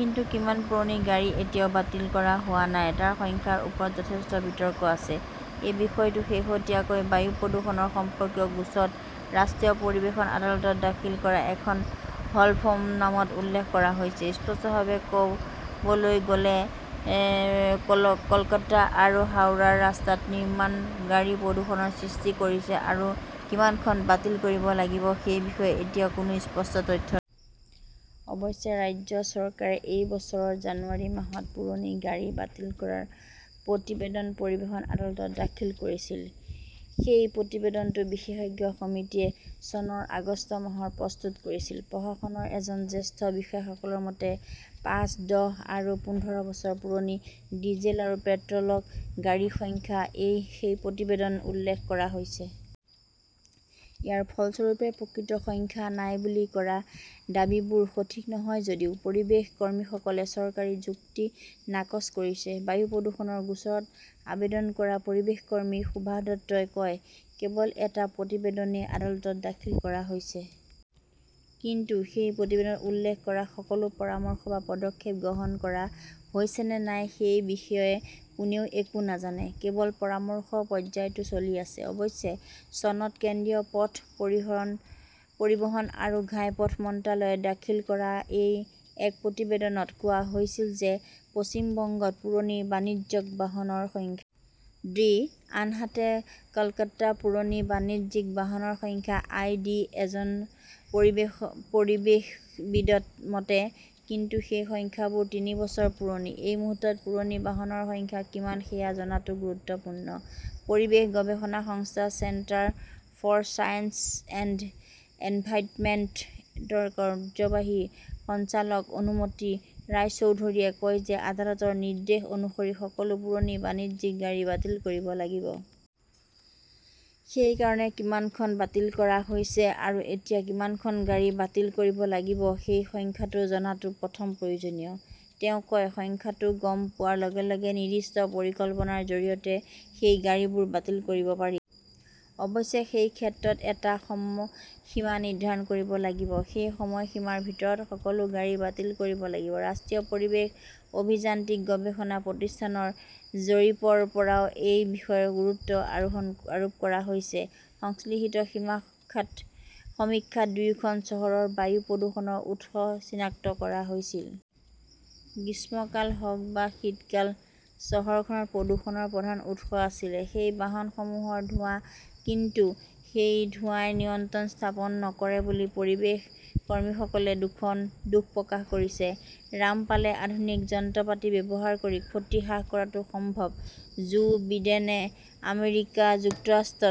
কিন্তু কিমান পুৰণি গাড়ী এতিয়াও বাতিল কৰা হোৱা নাই তাৰ সংখ্যাৰ ওপৰত যথেষ্ট বিতৰ্ক আছে। এই বিষয়টো শেহতীয়াকৈ বায়ু প্ৰদূষণ সম্পৰ্কীয় গোচৰত ৰাষ্ট্ৰীয় পৰিৱেশ আদালতত দাখিল কৰা এখন হলফনামাত উল্লেখ কৰা হৈছে। স্পষ্টভাৱে ক "বলৈ গ" লে, কলকাতা আৰু হাওৰাৰ ৰাস্তাত কিমান গাড়ীয়ে প্ৰদূষণৰ সৃষ্টি কৰিছে আৰু কিমানখন বাতিল কৰিব লাগিব সেই বিষয়ে এতিয়াও কোনো স্পষ্ট তথ্য নাই। অৱশ্যে, ৰাজ্য চৰকাৰে এই বছৰৰ জানুৱাৰী মাহত পুৰণি গাড়ী বাতিল কৰাৰ প্ৰতিবেদন পৰিৱেশ আদালতত দাখিল কৰিছিল। সেই প্ৰতিবেদনটো বিশেষজ্ঞ সমিতিয়ে চনৰ আগষ্ট মাহত প্ৰস্তুত কৰিছিল। প্ৰশাসনৰ এজন জ্যেষ্ঠ বিষয়াসকলৰ মতে, "পাঁচ, দহ আৰু পোন্ধৰ বছৰ পুৰণি ডিজেল আৰু পেট্ৰ" ল গাড়ীৰ সংখ্যা সেই প্ৰতিবেদনত উল্লেখ কৰা হৈছে। ইয়াৰ ফলস্বৰূপে, প্ৰকৃত সংখ্যা নাই বুলি কৰা দাবীবোৰ সঠিক নহয়। "যদিও পৰিৱেশ কৰ্মীসকলে চৰকাৰৰ যুক্তি নাকচ কৰিছে। বায়ু প্ৰদূষণৰ গোচৰত আবেদন কৰা পৰিৱেশ কৰ্মী সুভাষ দত্তই কয়, "কেৱল এটা প্ৰতিবেদনহে আদালতত দাখিল কৰা হৈছে। কিন্তু সেই প্ৰতিবেদনত উল্লেখ কৰা সকলো পৰামৰ্শ বা পদক্ষেপ গ্ৰহণ কৰা হৈছে নে নাই সেই বিষয়ে কোনেও একো নাজানে। কেৱল পৰামৰ্শৰ পৰ্যায়টো চলি আছে। "অৱশ্যে, চনত কেন্দ্ৰীয় পথ, পৰিবহণ আৰু ঘাইপথ মন্ত্ৰালয়ে দাখিল কৰা এক প্ৰতিবেদনত কোৱা হৈছিল যে পশ্চিম বংগত পুৰণি বাণিজ্যিক বাহনৰ সংখ্যা আই. ডি.। আনহাতে, কলকাতাত পুৰণি বাণিজ্যিক বাহনৰ সংখ্যা আই. ডি.। এজন পৰিৱেশবিদৰ মতে," কিন্তু সেই সংখ্যাবোৰ তিনি বছৰ পুৰণি। এই মুহূৰ্তত পুৰণি বাহনৰ সংখ্যা কিমান সেয়া জনাটো গুৰুত্বপূৰ্ণ। "পৰিৱেশ গৱেষণা সংস্থা centre for science and environment ৰ কাৰ্যবাহী সঞ্চালক অনুমিতা ৰায়চৌধৰীয়ে কয় যে আদালতৰ নিৰ্দেশ অনুসৰি সকলো পুৰণি বাণিজ্যিক গাড়ী বাতিল কৰিব লাগিব। সেই কাৰণে কিমানখন বাতিল কৰা হৈছে আৰু এতিয়াও কিমানখন গাড়ী বাতিল কৰিব লাগিব সেই সংখ্যাটো জনাটো প্ৰথমে প্ৰয়োজনীয়। তেওঁ কয়, "সংখ্যাটো গম পোৱাৰ লগে লগে নিৰ্দিষ্ট পৰিকল্পনাৰ জৰিয়তে সেই গাড়ীবোৰ বাতিল কৰিব পাৰি। অৱশ্যে, সেই ক্ষেত্ৰত এটা সময়সীমা নিৰ্ধাৰণ কৰিব লাগিব। সেই সময়সীমাৰ ভিতৰত সকলো গাড়ী বাতিল কৰিব লাগিব। "ৰাষ্ট্ৰীয় পৰিৱেশ অভিযান্ত্ৰিক গৱেষণা প্ৰতিষ্ঠান ৰ জৰীপৰ পৰাও এই বিষয়ত গুৰুত্ব আৰোপ কৰা হৈছে। সংশ্লিষ্ট সমীক্ষাত দুয়োখন চহৰৰ বায়ু প্ৰদূষণৰ উৎস চিনাক্ত কৰা হৈছিল। গ্ৰীষ্মকাল হওক বা শীতকাল, চহৰখনত প্ৰদূষণৰ প্ৰধান উৎস আছিল সেই বাহনসমূহৰ ধোঁৱা। কিন্তু সেই ধোঁৱাই নিয়ন্ত্ৰণ স্থাপন নকৰে বুলি পৰিৱেশ কৰ্মীসকলে দুখ প্ৰকাশ কৰিছে। ৰামপালে আধুনিক যন্ত্ৰপাতি ব্যৱহাৰ কৰি ক্ষতি হ্ৰাস কৰাটো সম্ভৱ " জো বিডেনে আমেৰিকা যুক্তৰাষ্ট্ৰত